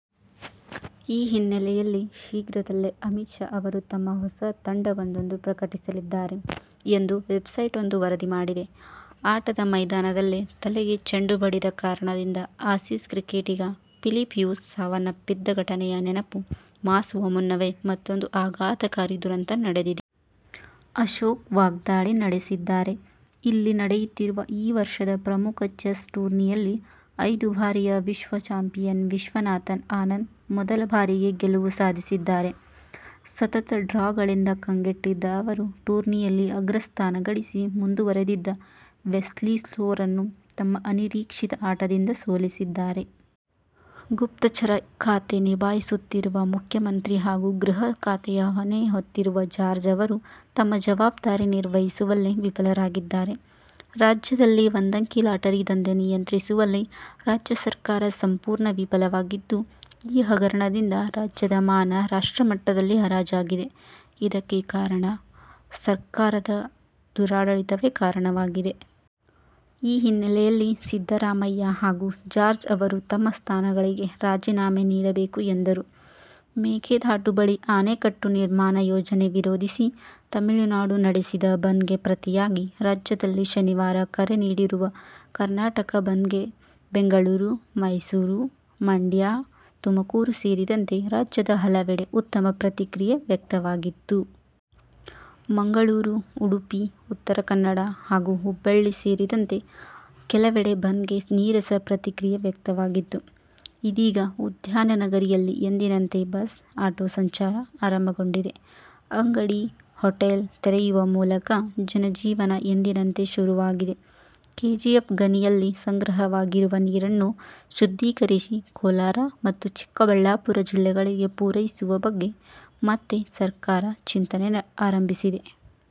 ಈ ಹಿನ್ನೆಲೆಯಲ್ಲಿ ಶೀಘ್ರದಲ್ಲೇ ಅಮಿತ್ ಶಾ ಅವರು ತಮ್ಮ ಹೊಸ ತಂಡವೊಂದನ್ನು ಪ್ರಕಟಿಸಲಿದ್ದಾರೆ ಎಂದು ವೆಬ್ಸೈಟೊಂದು ವರದಿ ಮಾಡಿದೆ. ಆಟದ ಮೈದಾನದಲ್ಲೇ ತಲೆಗೆ ಚೆಂಡು ಬಡಿದ ಕಾರಣದಿಂದ ಆಸೀಸ್ ಕ್ರಿಕೆಟಿಗ ಫಿಲಿಪ್ ಹ್ಯೂಸ್ ಸಾವನ್ನಪ್ಪಿದ್ದ ಘಟನೆಯ ನೆನಪು ಮಾಸುವ ಮುನ್ನವೇ ಮತ್ತೊಂದು ಆಘಾತಕಾರಿ ದುರಂತ ನಡೆದಿದೆ. ಅಶೋಕ್ ವಾಗ್ದಾಳಿ ನಡೆಸಿದ್ದಾರೆ. ಇಲ್ಲಿ ನಡೆಯುತ್ತಿರುವ ಈ ವರ್ಷದ ಪ್ರಮುಖ ಚೆಸ್ ಟೂರ್ನಿಯಲ್ಲಿ ಐದು ಬಾರಿಯ ವಿಶ್ವಚಾಂಪಿಯನ್ ವಿಶ್ವನಾಥನ್ ಆನಂದ್ ಮೊದಲ ಬಾರಿಗೆ ಗೆಲುವು ಸಾಧಿಸಿದ್ದಾರೆ. ಸತತ ಡ್ರಾಗಳಿಂದ ಕಂಗೆಟ್ಟಿದ್ದ ಅವರು ಟೂರ್ನಿಯಲ್ಲಿ ಅಗ್ರಸ್ಥಾನ ಗಳಿಸಿ ಮುಂದುವರೆದಿದ್ದ ವೆಸ್ಲಿ ಸೋರನ್ನು ತಮ್ಮ ಅನಿರೀಕ್ಷಿತ ಆಟದಿಂದ ಸೋಲಿಸಿದ್ದಾರೆ. ಗುಪ್ತಚರ ಖಾತೆ ನಿಭಾಯಿಸುತ್ತಿರುವ ಮುಖ್ಯಮಂತ್ರಿ ಹಾಗೂ ಗೃಹ ಖಾತೆಯ ಹೊಣೆ ಹೊತ್ತಿರುವ ಜಾರ್ಜ್ ಅವರು ತಮ್ಮ ಜವಾಬ್ದಾರಿ ನಿರ್ವಹಿಸುವಲ್ಲಿ ವಿಫಲರಾಗಿದ್ದಾರೆ. ರಾಜ್ಯದಲ್ಲಿ ಒಂದಂಕಿ ಲಾಟರಿ ದಂಧೆ ನಿಯಂತ್ರಿಸುವಲ್ಲಿ ರಾಜ್ಯ ಸರ್ಕಾರ ಸಂಪೂರ್ಣ ವಿಫಲವಾಗಿದ್ದು, ಈ ಹಗರಣದಿಂದ ರಾಜ್ಯದ ಮಾನ ರಾಷ್ಟ್ರಮಟ್ಟದಲ್ಲಿ ಹರಾಜಾಗಿದೆ. ಇದಕ್ಕೆ ರಾಜ್ಯ ಸರ್ಕಾರದ ದುರಾಡಳಿತವೇ ಕಾರಣವಾಗಿದೆ. ಈ ಹಿನ್ನೆಲೆಯಲ್ಲಿ ಸಿದ್ದರಾಮಯ್ಯ ಹಾಗೂ ಜಾರ್ಜ್ ಅವರು ತಮ್ಮ ಸ್ಥಾನಗಳಿಗೆ ರಾಜೀನಾಮೆ ನೀಡಬೇಕು ಎಂದರು. ಮೇಕೆದಾಟು ಬಳಿ ಅಣೆಕಟ್ಟು ನಿರ್ಮಾಣ ಯೋಜನೆ ವಿರೋಧಿಸಿ ತಮಿಳುನಾಡು ನಡೆಸಿದ ಬಂದ್ ಗೆ ಪ್ರತಿಯಾಗಿ ರಾಜ್ಯದಲ್ಲಿ ಶನಿವಾರ ಕರೆ ನೀಡಿರುವ ಕರ್ನಾಟಕ ಬಂದ್ ಗೆ ಬೆಂಗಳೂರು, ಮೈಸೂರು, ಮಂಡ್ಯ, ತುಮಕೂರು ಸೇರಿದಂತೆ ರಾಜ್ಯದ ಹಲವೆಡೆ ಉತ್ತಮ ಪ್ರತಿಕ್ರಿಯೆ ವ್ಯಕ್ತವಾಗಿತ್ತು. ಮಂಗಳೂರು, ಉಡುಪಿ, ಉತ್ತರ ಕನ್ನಡ ಹಾಗೂ ಹುಬ್ಬಳ್ಳಿ ಸೇರಿದಂತೆ ಕೆಲವೆಡೆ ಬಂದ್ ಗೆ ನೀರಸ ಪ್ರತಿಕ್ರಿಯೆ ವ್ಯಕ್ತವಾಗಿತ್ತು. ಇದೀಗ ಉದ್ಯಾನನಗರಿಯಲ್ಲಿ ಎಂದಿನಂತೆ ಬಸ್, ಆಟೋ ಸಂಚಾರ ಆರಂಭಗೊಂಡಿದೆ. ಅಂಗಡಿ, ಹೋಟೆಲ್ ತೆರೆಯುವ ಮೂಲಕ ಜನಜೀವನ ಎಂದಿನಂತೆ ಶುರುವಾಗಿದೆ. ಕೆಜಿಎಫ್ ಗಣಿಯಲ್ಲಿ ಸಂಗ್ರಹವಾಗಿರುವ ನೀರನ್ನು ಶುದ್ಧೀಕರಿಸಿ ಕೋಲಾರ ಮತ್ತು ಚಿಕ್ಕಬಳ್ಳಾಪುರ ಜಿಲ್ಲೆಗಳಿಗೆ ಪೂರೈಸುವ ಬಗ್ಗೆ ಮತ್ತೆ ಸರ್ಕಾರ ಚಿಂತನೆ ಆರಂಭಿಸಿದೆ.